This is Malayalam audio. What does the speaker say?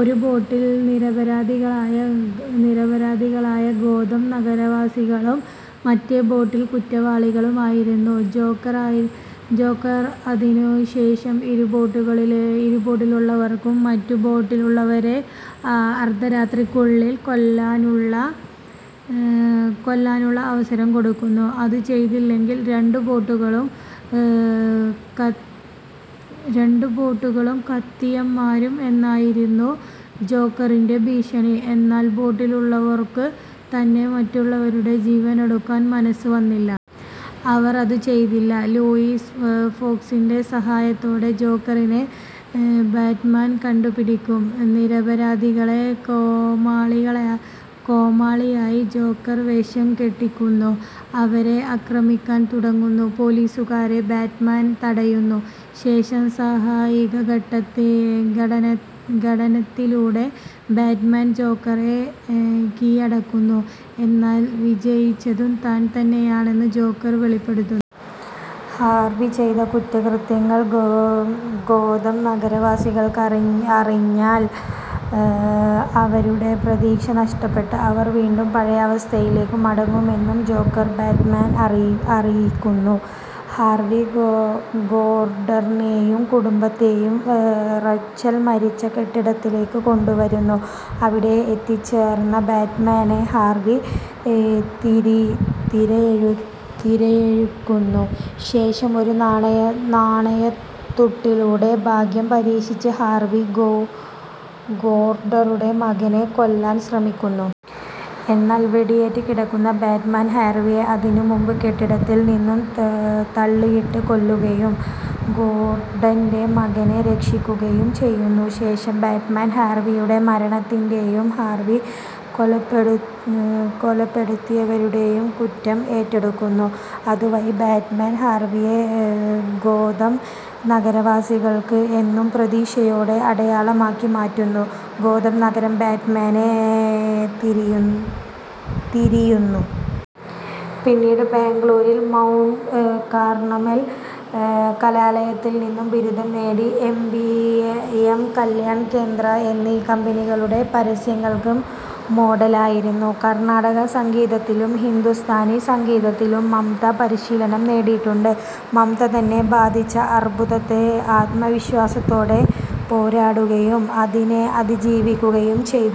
ഒരു ബോട്ടിൽ നിരപരാധികളായ ഗോതം നഗരവാസികളും മറ്റേ ബോട്ടിൽ കുറ്റവാളികളും ആയിരുന്നു. ജോക്കർ അതിനു ശേഷം ഇരു ബോട്ടിലുള്ളവർക്കും മറുബോട്ടിലുള്ളവരെ അർദ്ധരാത്രിക്കുള്ളിൽ കൊല്ലാനുള്ള അവസരം കൊടുക്കുന്നു. അതു ചെയ്തില്ലെങ്കിൽ രണ്ടു ബോട്ടുകളും കത്തിയമരും എന്നായിരുന്നു ജോക്കറിന്റെ ഭീഷണി. എന്നാൽ ബോട്ടിലുല്ലവർക്കർക്കും തന്നെ മറ്റുള്ളവരുടെ ജീവൻ എടുക്കാൻ മനസ്സ് വന്നില്ല. അവർ അതു ചെയ്തില്ല. ലൂസിയസ് ഫോക്സിന്റെ സഹായത്തോടെ ജോക്കറിനെ ബാറ്റ്മാൻ കണ്ടു പിടിക്കുന്നു. നിരപരാധികളെ കോമാളികളായി ജോക്കർ വേഷം കെട്ടിക്കുന്നു. അവരെ ആക്രമിക്കാൻ തുടങ്ങുന്ന പോലീസുകാരെ ബാറ്റ്മാൻ തടയുന്നു. ശേഷം സാഹസിക സംഘട്ടനത്തിലൂടെ ബാറ്റ്മാൻ ജോക്കറെ കീഴടക്കുന്നു. എന്നാൽ വിജയിച്ചതു താൻ തന്നെയാണെന്ന് ജോക്കർ വെളിപെടുത്തുന്നു. ഹാർവി ചെയ്ത ക്രൂരകൃത്യങ്ങൾ ഗോതം നഗരവാസികൾ അറിഞ്ഞാൽ അവരുടെ പ്രതീക്ഷ നഷ്ടപ്പെട്ട് അവർ വീണ്ടും പഴയ അവസ്ഥയിലേക് മടങ്ങുമെന്ന് ജോക്കർ ബാറ്റ്മാനെ അറിയിക്കുന്നു. ഹാർവി ഗോർഡനെയും കുടുംബത്തെയും റെച്ചൽ മരിച്ച കെട്ടിടത്തിലേക്ക് കൊണ്ടുവരുന്നു. അവിടെ എത്തിച്ചേർന്ന ബാറ്റ്മാനെതിരെ ഹാർവി തിരയൊഴിക്കുന്നു. ശേഷം ഒരു നാണയതുട്ടിലൂടെ ഭാഗ്യം പരീക്ഷിച്ചു ഹാർവി ഗോർഡന്റെ മകനെ കൊല്ലാൻ ശ്രമിക്കുന്നു. എന്നാൽ വെടിയേറ്റ് കിടന്ന ബാറ്റ്മാൻ ഹർവിയെ അതിനു മുമ്പ് കെട്ടിടത്തിൽ നിന്ന് തള്ളിയിട്ടു കൊല്ലുകയും ഗോർഡന്റെ മകനെ രക്ഷിക്കുകയുംചെയ്യുന്നു. ശേഷം ബാറ്റ്മാൻ ഹാർവിയുടെ മരണത്തിന്റെയും ഹാർവി കൊലപെടുത്തിയവരുടെയും കുറ്റം ഏറ്റെടുക്കുന്നു. അതു വഴി ബാറ്റ്മാൻ ഹാർവിയെ ഗോതം നഗരവാസികൾക്ക് എന്നും പ്രതീക്ഷയുടെ അടയാളമാക്കി മാറ്റുന്നു. ഗോതം നഗരം ബാറ്റ്മാനെതിരെ തിരിയുന്നു. പിന്നീട് ബാംഗളൂരിൽ മൗണ്ട് കാർമൽ കലാലയത്തിൽ നിന്നു ബിരുദം നേടി. I. B. M, Kalyan Kendra എന്നീ കമ്പനികളുടെ പരസ്യങ്ങൾക്ക് മോഡലായിരുന്നു. കർണ്ണാട സംഗീതത്തിലും ഹിന്ദുസ്ഥാനി സംഗീതത്തിലും മംത പരിശീലനം നേടിയിട്ടുണ്ട്. മംത തന്നെ ബാധിച്ച അർബുദത്തോട് ആത്മവിശ്വാസത്തോടെ പോരാടുകയും അതിനെ അതിജീവിക്കുകയും ചെയ്തു.